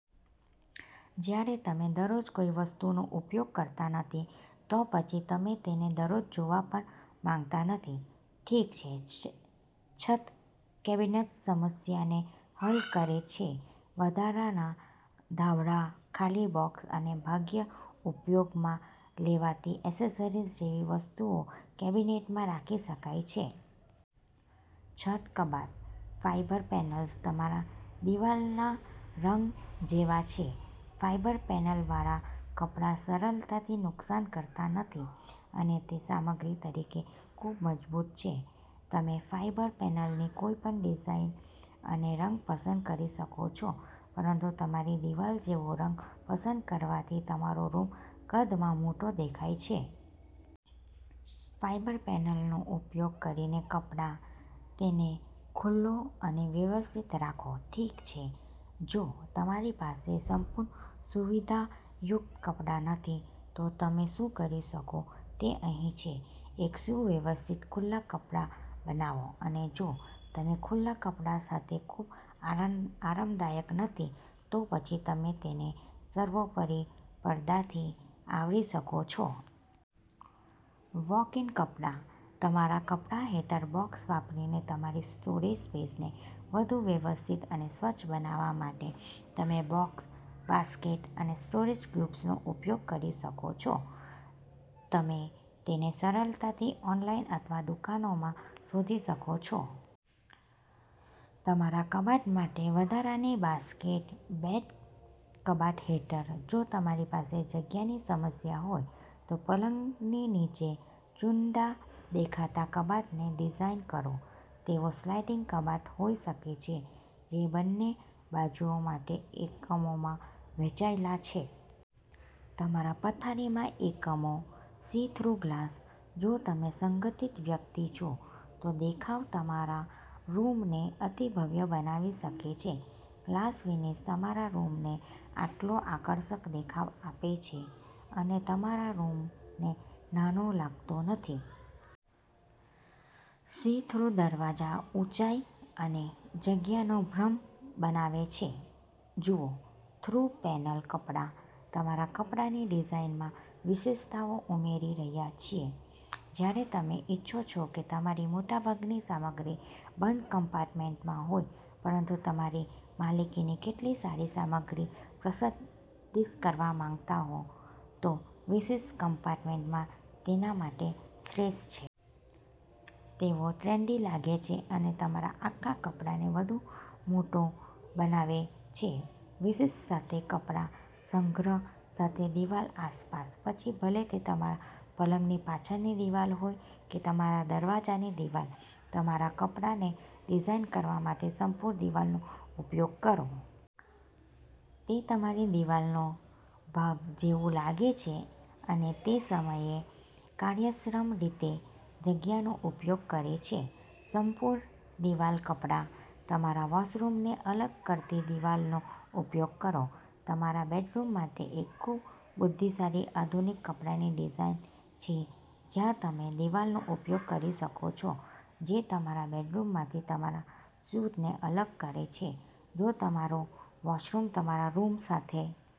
જ્યારે તમે દરરોજ કોઈ વસ્તુનો ઉપયોગ કરતા નથી, તો પછી તમે તેને દરરોજ જોવા પર માંગતા નથી. ઠીક છે, છે છત કેબિનેટ્સ સમસ્યાને હલ કરે છે. વધારાના ધાબળા, ખાલી બોક્સ અને ભાગ્યે ઉપયોગમાં લેવાતી એસેસરીઝ જેવી વસ્તુઓ કેબિનેટમાં રાખી શકાય છે. છત કબાટ. ફાઇબર પેનલ્સ તમારા દિવાલના રંગ જેવા છે. ફાઈબર પેનલવારા કપડા સરલતાથી નુકસાન કરતા નથી, અને તે સામગ્રી તરીકે ખૂબ મજબૂત છે. તમે ફાઇબર પેનલની કોઈપણ ડિઝાઇન અને રંગ પસંદ કરી શકો છો, પરંતુ તમારી દિવાલ જેવો રંગ પસંદ કરવાથી તમારો રૂમ કદમાં મોટો દેખાય છે. ફાઇબર પેનલનો ઉપયોગ કરીને કપડા. તેને ખુલ્લો અને વ્યવસ્થિત રાખો. ઠીક છે, જો તમારી પાસે સંપૂર્ણ સુવિધાયુક્ત કપડા નથી, તો તમે શું કરી શકો તે અહીં છે. એક સુવ્યવસ્થિત ખુલ્લા કપડા બનાવો. અને જો તમે ખુલ્લા કપડા સાથે ખૂબ આરામ આરામદાયક નથી, તો પછી તમે તેને સર્વોપરી પડદાથી આવરી શકો છો. વૉક-ઇન કપડા. તમારા કપડા હેઠર બોક્સ વાપરીને તમારી સ્ટોરેજ સ્પેસને વધુ વ્યવસ્થિત અને સ્વચ્છ બનાવવા માટે, તમે બોક્સ, બાસ્કેટ અને સ્ટોરેજ ક્યુબ્સનો ઉપયોગ કરી શકો છો. તમે તેને સરલતાથી ઑનલાઇન અથવા દુકાનોમાં શોધી શકો છો. તમારા કબાટ માટે વધારાની બાસ્કેટ. બેડ કબાટ હેઠર. જો તમારી પાસે જગ્યાની સમસ્યા હોય, તો પલંગની નીચે ચુન્દા દેખાતા કબાટને ડિઝાઇન કરો. તેઓ સ્લાઇડિંગ કબાટ હોઈ શકે છે, જે બંને બાજુઓ માટે એકમોમાં વહેંચાયેલા છે. તમારા પથારીમાં એકમો. See through glass. જો તમે સંગથીત વ્યક્તિ છો, તો દેખાવ તમારા રૂમને અતિ ભવ્ય બનાવી શકે છે. ગ્લાસ ફિનિશ તમારા રૂમને આટલો આકર્ષક દેખાવ આપે છે અને તમારા રૂમને નાનો લાગતો નથી. સી-થ્રુ દરવાજા ઊંચાઈ અને જગ્યાનો ભ્રમ બનાવે છે. જુઓ-થ્રુ પેનલ કપડા. તમારા કપડાની ડિઝાઇનમાં વિશિષ્ટતાઓ ઉમેરી રહ્યા છીએ. જ્યારે તમે ઇચ્છો છો કે તમારી મોટાભાગની સામગ્રી બંધ કમ્પાર્ટમેન્ટમાં હોય પરંતુ તમારી માલિકીની કેટલી સારી સામગ્રી પ્રશતીશ કરવા માંગતા હો, તો વિશિષ્ટ કમ્પાર્ટમેન્ટમાં તેના માટે શ્રેષ્ઠ છે. તેઓ ટ્રેન્ડી લાગે છે અને તમારા આખા કપડાને વધુ મોટો બનાવે છે. વિશિષ્ટ સાથે કપડા. સંગ્રહ સાથે દિવાલ આસપાસ. પછી ભલે તે તમારા પલંગની પાછળની દિવાલ હોય કે તમારા દરવાજાની દિવાલ, તમારા કપડાને ડિઝાઇન કરવા માટે સંપૂ દિવાલનો ઉપયોગ કરો. તે તમારી દિવાલનો ભાગ જેવું લાગે છે અને તે સમયે કાર્યશ્રમ રીતે જગ્યાનો ઉપયોગ કરે છે. સંપૂર દિવાલ કપડા. તમારા વૉશરૂમને અલગ કરતી દિવાલનો ઉપયોગ કરો. તમારા બેડરૂમ માટે એક ખૂબ બુદ્ધિશારી આધુનિક કપડાની ડિઝાઇન છે, જ્યાં તમે દિવાલનો ઉપયોગ કરી શકો છો જે તમારા બેડરૂમમાંથી તમારા સ્યુટને અલગ કરે છે. જો તમારું વૉશરૂમ તમારા રૂમ સાથે